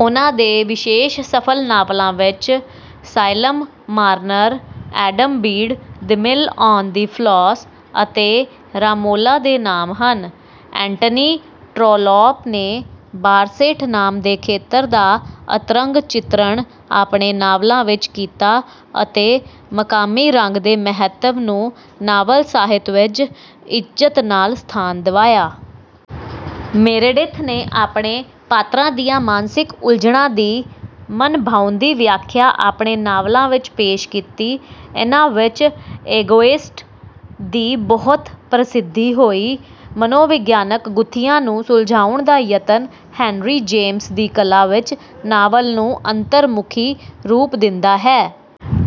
ਉਨ੍ਹਾਂ ਦੇ ਵਿਸ਼ੇਸ਼ ਸਫਲ ਨਾਵਲਾਂ ਵਿੱਚ 'Silas Marner', 'Adam Bede', 'The Mill on the Floss' ਅਤੇ 'ਰਾਮੋਲਾ' ਦੇ ਨਾਮ ਹਨ। ਐਂਟਨੀ ਟਰੌਲੌਪ ਨੇ ਬਾਰਸੇਟ ਨਾਮ ਦੇ ਖੇਤਰ ਦਾ ਅੰਤਰੰਗ ਚਿਤਰਣ ਆਪਣੇ ਨਾਵਲਾਂ ਵਿੱਚ ਕੀਤਾ ਅਤੇ ਮਕਾਮੀ ਰੰਗ ਦੇ ਮਹੱਤਵ ਨੂੰ ਨਾਵਲ ਸਾਹਿਤ ਵਿੱਚ ਇੱਜ਼ਤ ਵਾਲਾ ਸਥਾਨ ਦਿਵਾਇਆ। ਮੇਰੇਡਿਥ ਨੇ ਆਪਣੇ ਪਾਤਰਾਂ ਦੀਆਂ ਮਾਨਸਿਕ ਉਲਝਣਾਂ ਦੀ ਮਨਭਾਉਂਦੀ ਵਿਆਖਿਆ ਆਪਣੇ ਨਾਵਲਾਂ ਵਿੱਚ ਪੇਸ਼ ਕੀਤੀ। ਇਹਨਾਂ ਵਿੱਚ 'ਇਗੋਇਸਟ' ਦੀ ਬਹੁਤ ਪ੍ਰਸਿਧੀ ਹੋਈ। ਮਨੋਵਿਗਿਆਨਕ ਗੁੱਥੀਆਂ ਨੂੰ ਸੁਲਝਾਉਣ ਦਾ ਯਤਨ ਹੈਨਰੀ ਜੇਮਸ ਦੀ ਕਲਾ ਵਿੱਚ ਨਾਵਲ ਨੂੰ ਅੰਤਰਮੁਖੀ ਰੂਪ ਦਿੰਦਾ ਹੈ।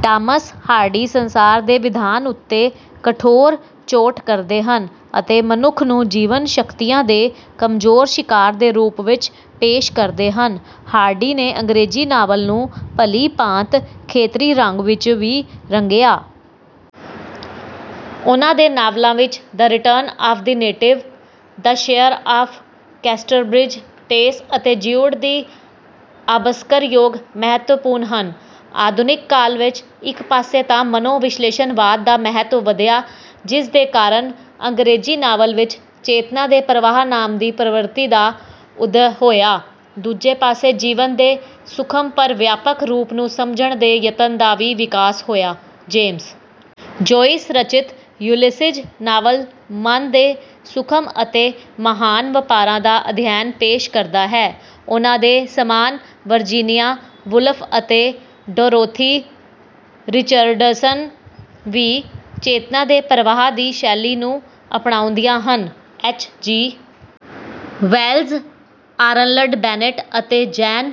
ਟਾਮਸ ਹਾਰਡੀ ਸੰਸਾਰ ਦੇ ਵਿਧਾਨ ਉੱਤੇ ਕਠੋਰ ਚੋਟ ਕਰਦੇ ਹਨ ਅਤੇ ਮਨੁੱਖ ਨੂੰ ਜੀਵਨ-ਸ਼ਕਤੀਆਂ ਦੇ ਕਮਜ਼ੋਰ ਸ਼ਿਕਾਰ ਦੇ ਰੂਪ ਵਿੱਚ ਪੇਸ਼ ਕਰਦੇ ਹਨ। ਹਾਰਡੀ ਨੇ ਅੰਗਰੇਜ਼ੀ ਨਾਵਲ ਨੂੰ ਭਲੀ ਭਾਂਤ ਖੇਤਰੀ ਰੰਗ ਵਿੱਚ ਵੀ ਰੰਗਿਆ। ਉਨ੍ਹਾਂ ਦੇ ਨਾਵਲਾਂ ਵਿੱਚ 'The Return of the Native', 'The Mayor of Casterbridge', 'Tess', ਅਤੇ 'ਜਿਊਡ ਦਿ ਆਬਸਕਯੋਰ' ਮਹੱਤਵਪੂਰਨ ਹਨ। ਆਧੁਨਿਕ ਕਾਲ ਵਿੱਚ ਇੱਕ ਪਾਸੇ ਤਾਂ ਮਨੋਵਿਸ਼ਲੇਸ਼ਣਵਾਦ ਦਾ ਮਹੱਤਵ ਵਧਿਆ, ਜਿਸਦੇ ਕਾਰਨ ਅੰਗਰੇਜ਼ੀ ਨਾਵਲ ਵਿੱਚ 'ਚੇਤਨਾ ਦੇ ਪ੍ਰਵਾਹ' ਨਾਮ ਦੀ ਪ੍ਰਵਿਰਤੀ ਦਾ ਉਦਅ ਹੋਇਆ; ਦੂਜੇ ਪਾਸੇ ਜੀਵਨ ਦੇ ਸੂਖਮ ਪਰ ਵਿਆਪਕ ਰੂਪ ਨੂੰ ਸਮਝਣ ਦੇ ਯਤਨ ਦਾ ਵੀ ਵਿਕਾਸ ਹੋਇਆ। ਜੇਮਸ ਜੋਇਸ ਰਚਿਤ 'ਯੂਲਿਸੀਜ਼' ਨਾਵਲ ਮਨ ਦੇ ਸੂਖਮ ਅਤੇ ਮਹਾਨ ਵਪਾਰਾਂ ਦਾ ਅਧਿਐਨ ਪੇਸ਼ ਕਰਦਾ ਹੈ। ਉਨ੍ਹਾਂ ਦੇ ਸਮਾਨ ਵਰਜੀਨੀਆ ਵੁਲਫ਼ ਅਤੇ ਡੋਰੋਥੀ ਰਿਚਰਡਸਨ ਵੀ 'ਚੇਤਨਾ ਦੇ ਪ੍ਰਵਾਹ' ਦੀ ਸ਼ੈਲੀ ਨੂੰ ਅਪਣਾਉਂਦੀਆਂ ਹਨ। ਐੱਚ. ਜੀ. ਵੇਲਜ਼, ਆਰਨਲਡ ਬੈਨੇਟ ਅਤੇ ਜੌਨ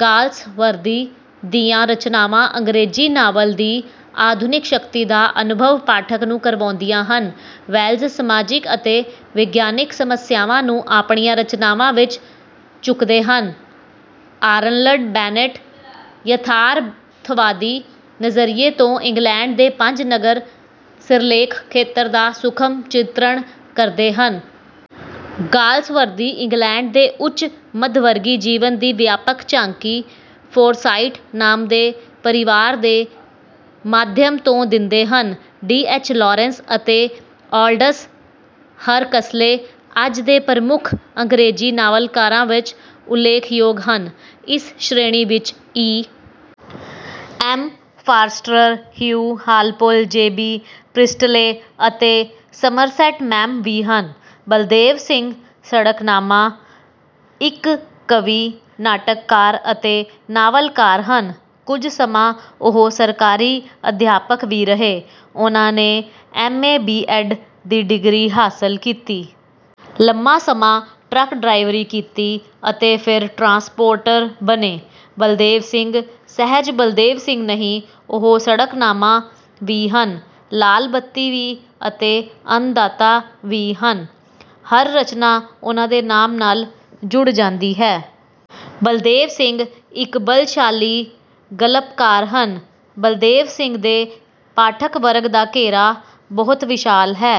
ਗਾਲਸਵਰਦੀ ਦੀਆਂ ਰਚਨਾਵਾਂ ਅੰਗਰੇਜ਼ੀ ਨਾਵਲ ਦੀ ਆਧੁਨਿਕ ਸ਼ਕਤੀ ਦਾ ਅਨੁਭਵ ਪਾਠਕ ਨੂੰ ਕਰਵਾਉਂਦੀਆਂ ਹਨ। ਵੇਲਜ਼ ਸਮਾਜਿਕ ਅਤੇ ਵਿਗਿਆਨਕ ਸਮੱਸਿਆਵਾਂ ਨੂੰ ਆਪਣੀਆਂ ਰਚਨਾਵਾਂ ਵਿੱਚ ਚੁੱਕਦੇ ਹਨ। ਆਰਨਲਡ ਬੈਨੇਟ ਯਥਾਰਥਵਾਦੀ ਨਜ਼ਰੀਏ ਤੋਂ ਇੰਗਲੈਂਡ ਦੇ 'ਪੰਜ ਨਗਰ' ਸਿਰਲੇਖ ਖੇਤਰ ਦਾ ਸੂਖਮ ਚਿਤਰਣ ਕਰਦੇ ਹਨ। ਗਾਲਸਵਰਦੀ ਇੰਗਲੈਂਡ ਦੇ ਉੱਚ-ਮੱਧਵਰਗੀ ਜੀਵਨ ਦੀ ਵਿਆਪਕ ਝਾਂਕੀ 'ਫੋਰਸਾਇਟ' ਨਾਮ ਦੇ ਪਰਿਵਾਰ ਦੇ ਮਾਧਿਅਮ ਤੋਂ ਦਿੰਦੇ ਹਨ। ਡੀ. ਐੱਚ. ਲਾਰੈਂਸ ਅਤੇ ਆਲਡਸ ਹਕਸਲੇ ਅੱਜ ਦੇ ਪ੍ਰਮੁੱਖ ਅੰਗਰੇਜ਼ੀ ਨਾਵਲਕਾਰਾਂ ਵਿੱਚ ਉਲੇਖਯੋਗ ਹਨ। ਇਸ ਸ਼੍ਰੇਣੀ ਵਿੱਚ E. M. Forster, Hugh Walpole, J. B. Priestley ਅਤੇ ਸਮਰਸੈਟ ਮੌਮ ਵੀ ਹਨ। ਬਲਦੇਵ ਸਿੰਘ ਸੜਕਨਾਮਾ ਇੱਕ ਕਵੀ, ਨਾਟਕਕਾਰ ਅਤੇ ਨਾਵਲਕਾਰ ਹਨ। ਕੁਝ ਸਮਾਂ ਉਹ ਸਰਕਾਰੀ ਅਧਿਆਪਕ ਵੀ ਰਹੇ। ਉਨ੍ਹਾਂ ਨੇ ਐੱਮ.ਏ. ਬੀ.ਐੱਡ. ਦੀ ਡਿਗਰੀ ਹਾਸਲ ਕੀਤੀ। ਲੰਮਾ ਸਮਾਂ ਟਰੱਕ ਡਰਾਈਵਰੀ ਕੀਤੀ ਅਤੇ ਫਿਰ ਟਰਾਂਸਪੋਰਟਰ ਬਣੇ। ਬਲਦੇਵ ਸਿੰਘ ਮਹਿਜ਼ ਬਲਦੇਵ ਸਿੰਘ ਨਹੀਂ, ਉਹ 'ਸੜਕਨਾਮਾ' ਵੀ ਹਨ, 'ਲਾਲ ਬੱਤੀ' ਵੀ ਅਤੇ 'ਅੰਨਦਾਤਾ' ਵੀ ਹਨ। ਹਰ ਰਚਨਾ ਉਨ੍ਹਾਂ ਦੇ ਨਾਮ ਨਾਲ ਜੁੜ ਜਾਂਦੀ ਹੈ। ਬਲਦੇਵ ਸਿੰਘ ਇੱਕ ਬਲਸ਼ਾਲੀ ਗਲਪਕਾਰ ਹਨ। ਬਲਦੇਵ ਸਿੰਘ ਦੇ ਪਾਠਕ ਵਰਗ ਦਾ ਘੇਰਾ ਬਹੁਤ ਵਿਸ਼ਾਲ ਹੈ।